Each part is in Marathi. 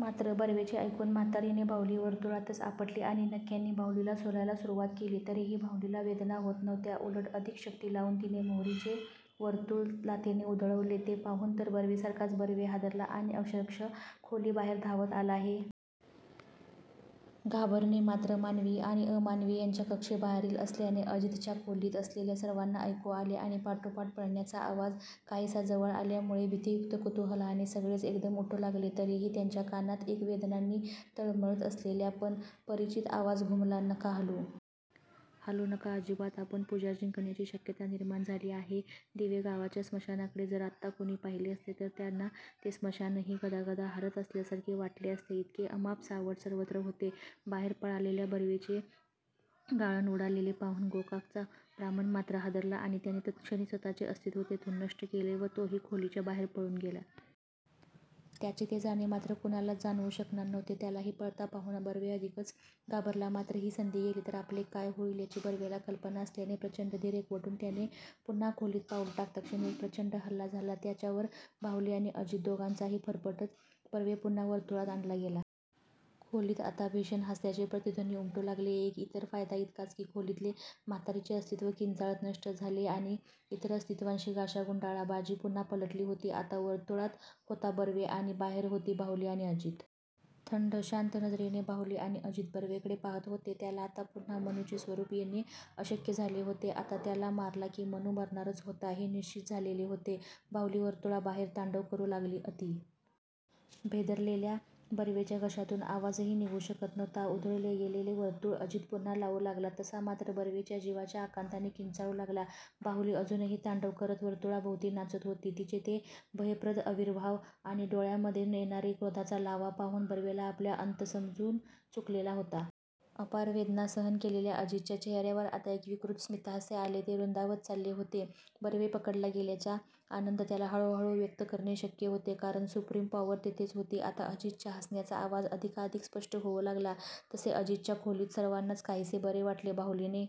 मात्र बर्वेचे ऐकून म्हातारीने बाहुली वर्तुळातच आपटली आणि नख्यांनी बाहुलीला सोलायला सुरुवात केली. तरीही बाहुलीला वेदना होत नव्हत्या, उलट अधिक शक्ती लावून तिने मोहरीचे वर्तुळ लाथेने उधळवले. ते पाहून तर बर्वेसारखा बर्वे हादरला आणि अक्षरशः खोलीबाहेर धावत आला.हे घाबरणे मात्र मानवि आणि अमानवी याच्या कक्षेबाहेरील असल्याने अजितच्या खोलीत असलेल्या सर्वांना ऐकू आले आणि पाठोपाठ पळण्याचा आवाज काहीसा जवळ आल्यामुळे भीतीयुक्त कुतुहलाने सगळेच एकदम उठू लागले. तरीही त्यांच्या कानात एक वेदनांनी तळमळत असलेला पण परिचित आवाज घुमला "नका हालू.. हालू नका अजिबात. आपण पूजा जिंकण्याची शक्यता निर्माण झाली आहे. " दिवे गावाच्या स्मशानाकडे जर आत्ता कुणी पाहिले असते तर त्यांना ते स्मशानही गदागदा हालत असल्यासारखे वाटले असते. इतके अमाप सावट सर्वत्र होते. बाहेर पळालेल्या बर्वेची गाळण उडालेली पाहून गोकाकचा ब्राह्मण मात्र हादरला आणि त्याने तत्क्षणी स्वतःचे अस्तित्व तेथून नष्ट केले व तोही खोलीच्या बाहेर पळून गेला. त्याचे ते जाणे मात्र कुणालच जाणवू शकणार नव्हते. त्यालाही पळता पाहून बर्वे अधिकच घाबरला. मात्र ही संधी गेली तर आपले काय होईल याची बर्वेला कल्पना असल्याने प्रचंड धीर एकवटून त्याने पुन्हा खोलीत पाऊल टाकताक्षणीच एक प्रचंड हल्ला झाला त्याच्यावर, बाहुली आणि अजित दोघांचाही, फरफटत बर्वे पुन्हा वर्तुळात आणला गेला.. खोलीत आता भीषण हास्याचे प्रतिध्वनी उमटू लागले. एक इतर फायदा इतकाच की खोलीतले म्हातारीचे अस्तित्व किंचाळत नष्टच झाले आणि इतर अस्तित्वांनी गाशा गुंडाळला. बाजी पुन्हा पलटली होती.आता वर्तुळात होता बर्वे. आणि बाहेर होती बाहुली आणि अजित! थंड! शांत नजरेने बाहुली आणि अजित बर्वेकडे पाहात होते. त्याला आता पुन्हा मनूचे स्वरूप येणे अशक्य झालेले होते. आता त्याला मारला की मनू मरणारच होता. हे निश्चीत झालेले होते.. बाहुली वर्तुळाबाहेर तांडव करू लागली. अती भेदरलेल्या बर्वेच्या घशातून आवाजही निघू शकत नव्हता. उधळले गेलेले वर्तुळ अजित पुन्हा लावू लागला तसा मात्र बर्वे जिवाच्या आकांताने किंचाळू लागला. बाहुली अजूनही तांडव करत वर्तुळाभोवती नाचत होती.तिचे ते भयप्रद आविर्भाव आणि डोळ्यांमधून येणार क्रोधाचा लाव्हा पाहून बर्वेला आपला अंत समजून चुकलेला होता.. अपार वेदना सहन केलेल्या अजितच्या चेहर्यावर आता एक विकृत स्मितहास्य आले, ते रुंदावत चालले होते.बर्वे पक्डला गेल्याचा आनंद त्याला हळूहळूच व्यक्त करणे शक्य होते.. कारण सुप्रीम पॉवर तेथेच होती. आता अजितच्या हसण्याचा आवाज अधिकाधिक स्पष्ट होऊ लागला तसे अजितच्या खोलीत सर्वांनाच काहीसे बरे वाटले. बाहुलीने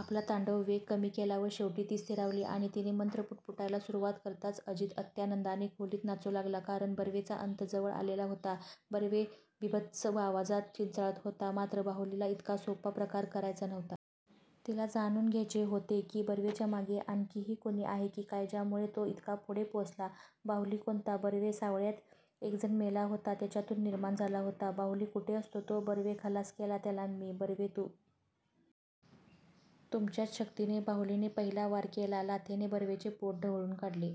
आपला तांडवाचा वेग कमी केला व शेवटी ती स्थिरावली आणि तिने मंत्र पुटपुटायला सुरुवात करताच अजित अत्यानंदाने खोलीत नाचू लागला.. कारण बर्वेचा अंत जवळ आलेला होता. बर्वे बीभत्स आवाजात किंचाळत होता.. मात्र बाहुलीला इतका सोपा प्रकार करायचा नव्हता. तिला जाणून घ्यायचे होते की बर्वेचा मागे आणखीही कुणी आहे की काय ज्यामुळे तो इतका पुढे पोचला. बाहुली कोणता? बर्वे सावेळ्यात एक जण मेला होता. त्याच्यातून निर्माण झाला होता. बाहुली कुठे असतो तो? बर्वे खलास केला त्याला मी, बर्वे तु. तुमच्याच शक्तीने. बाहुलीने पहिला वार केला. लाथेने बर्वेचे पोट ढवळून काढले.